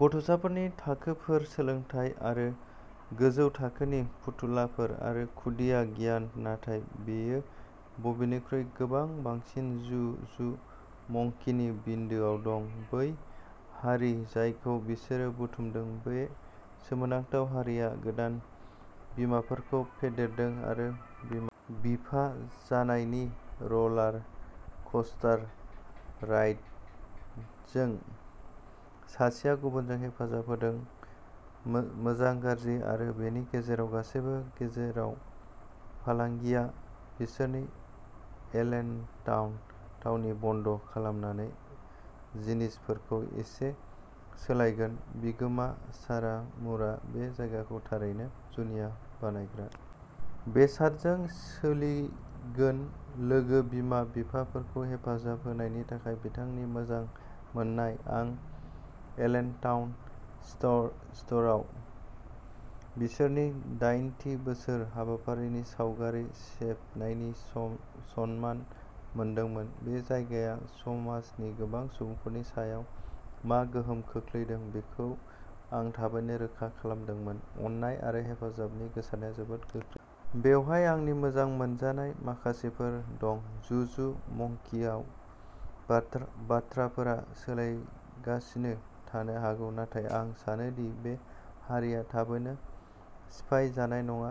गथ'साफोरनि थाखोफोर सोलोंथाय आरो गोजौ थाखोनि फुथुलाफोर आरो खुदिया गियार नाथाय बेयो बेनिख्रुइबो गोबां बांसिन जु जु मंकिनि बिन्दोआव दं बै हारि जायखौ बिसोरो बुथुमदों बे सोमोनांथाव हारिसाया गोदान बिमाफोरखौ फेदेरदों आरो बिमा बिफा जानायनि रलार क'स्टार राइडजों सासेया गुबुनखौ हेफाजाब होदों मो मोजां गाज्रि आरो बेनि गेजेराव गासैबो जेराव फालांगिया बिसोरनि एलेनटाउन थावनिखौ बन्द खालामनानै जिनिसफोरखौ एसे सोलायगोन बिगोमा सारा मुरआ बे जायगाखौ थारैनो जुनिया बानायग्रा बेसादजों सोलिगोन लोगो बिमा बिफाफोरखौ हेफाजाब होनायनि थाखाय बिथांनि मोजां मोन्नाय आं एलेनटाउन स्ट' स्ट'रआव बिसोरनि दइन थि बोसोरारि हाबाफारिनि सावगारि सेबनायनि सन सनमान मोनदोंमोन बे जायगाया समाजनि गोबां सुबुंफोरनि सायाव मा गोहोम खोख्लैदों बेखौ आं थाबैनो रोखा खालामदोंमोन अननाय आरो हेफाजाबनि गोसारनाया जोबोद गोख्रोंमोन। बेवहाय आंनि मोजां मोनजानाय माखासेफोर दं जु जु मंकिआव बाथ्रा बाथ्राफोरा सोलायगासिनो थानो हागौ नाथाय आं सानो दि बे हारिसाया थाबैनो सिफाय जानाय नङा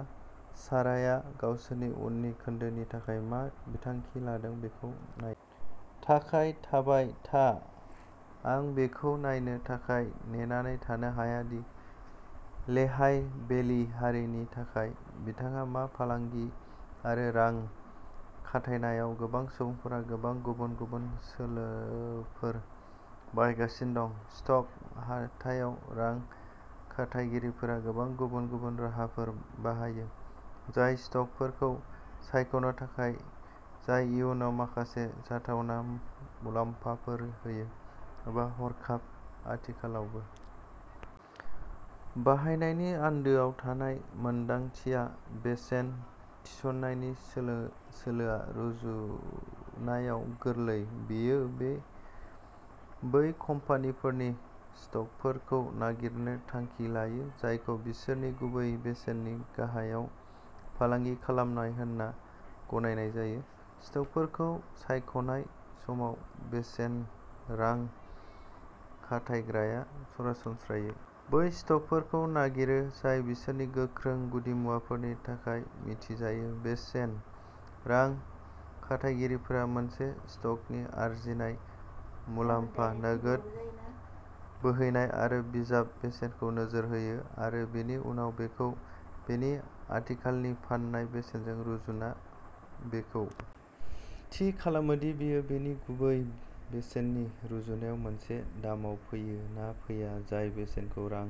साराया गावसोरनि उननि खोन्दोनि थाखाय मा बिथांखि लादों बेखौ नायनो थाखाय थाबाय था आं बेखौ नायनो थाखाय नेनानै थानो हाया दि लेहाइ भेलि हारिनि थाखाय बिथांहा मा दं फालांगि आरो रां खाथायनायाव गोबां सुबुंफोरा गोबां गुबुन गुबुन सोलोफोर बाहायगासिनो दं स्टक हाथायाव रां खाथायगिरिफोरा गोबां गुबुन गुबुन राहाफोर बाहायो जाय स्टकफोरखौ सायख'नो थाखाय जाय इयुनाव माखासे जाथावना मुलाम्फाफोर होयो एबा हरखाब आथिखालावबो। बाहायनायनि आन्दोआव थानाय मोनदांथिया बेसेन थिसननायनि सोलो सोलोआ रुजुनायाव गोरलै बेयो बे बै कम्पानिफोरनि स्टकफोरखौ नागिरनो थांखि लायो जायखौ बिसोरनि गुबै बेसेननि गाहायाव फालांगि खालामनाय होनना गनायनाय जायो। स्टकफोरखौ सायख'नाय समाव बेसेन रां खाथायग्राया सरासनस्रायै बै स्टकफोरखौ नागिरो जाय बिसोरनि गोख्रों गुदिमुवाफोरनि थाखाय मिथिजायो बेसेन रां खाथायगिरिफोरा मोनसे स्टकनि आर्जिनाय मुलाम्फा नोगोद बोहैनाय आरो बिजाब बेसेनखौ नोजोर होयो आरो बेनि उनाव बेखौ बेनि आथिखालनि फान्नाय बेसेनजों रुजुना बेखौ थि खालामो दि बेयो बेनि गुबै बेसेननि रुजुनायाव मोनसे दामाव फैयो ना फैया जाय बेसेनखौ रां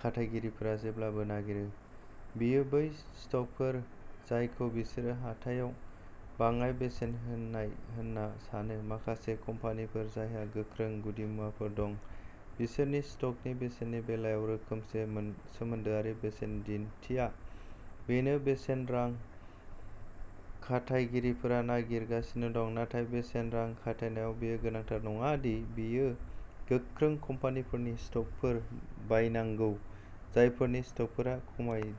खाथायगिरिफोरा जेब्लाबो नागिरो बेयो बै स्टकफोर जायखौ बिसोरो हाथायाव बाङाइ बेसेन होनाय होनना सानो माखासे कम्पानिफोर जायहा गोख्रों गुदिमुवाफोर दं बिसोरनि स्ट'कनि बेसेननि बेलायाव रोखोमसे सोमोन्दोआरि बेसेन दिन्थिया बेनो बेसेन रां खाथायगिरिफोरा नागिरगासिनो दं नाथाय बेसेन रां खाथायनायाव बेयो गोनांथार नङा दि बेयो गोख्रों कम्पानिफोरनि स्टकफोर बायनांगौ जायफोरनि स्टकफोरा खमायदों।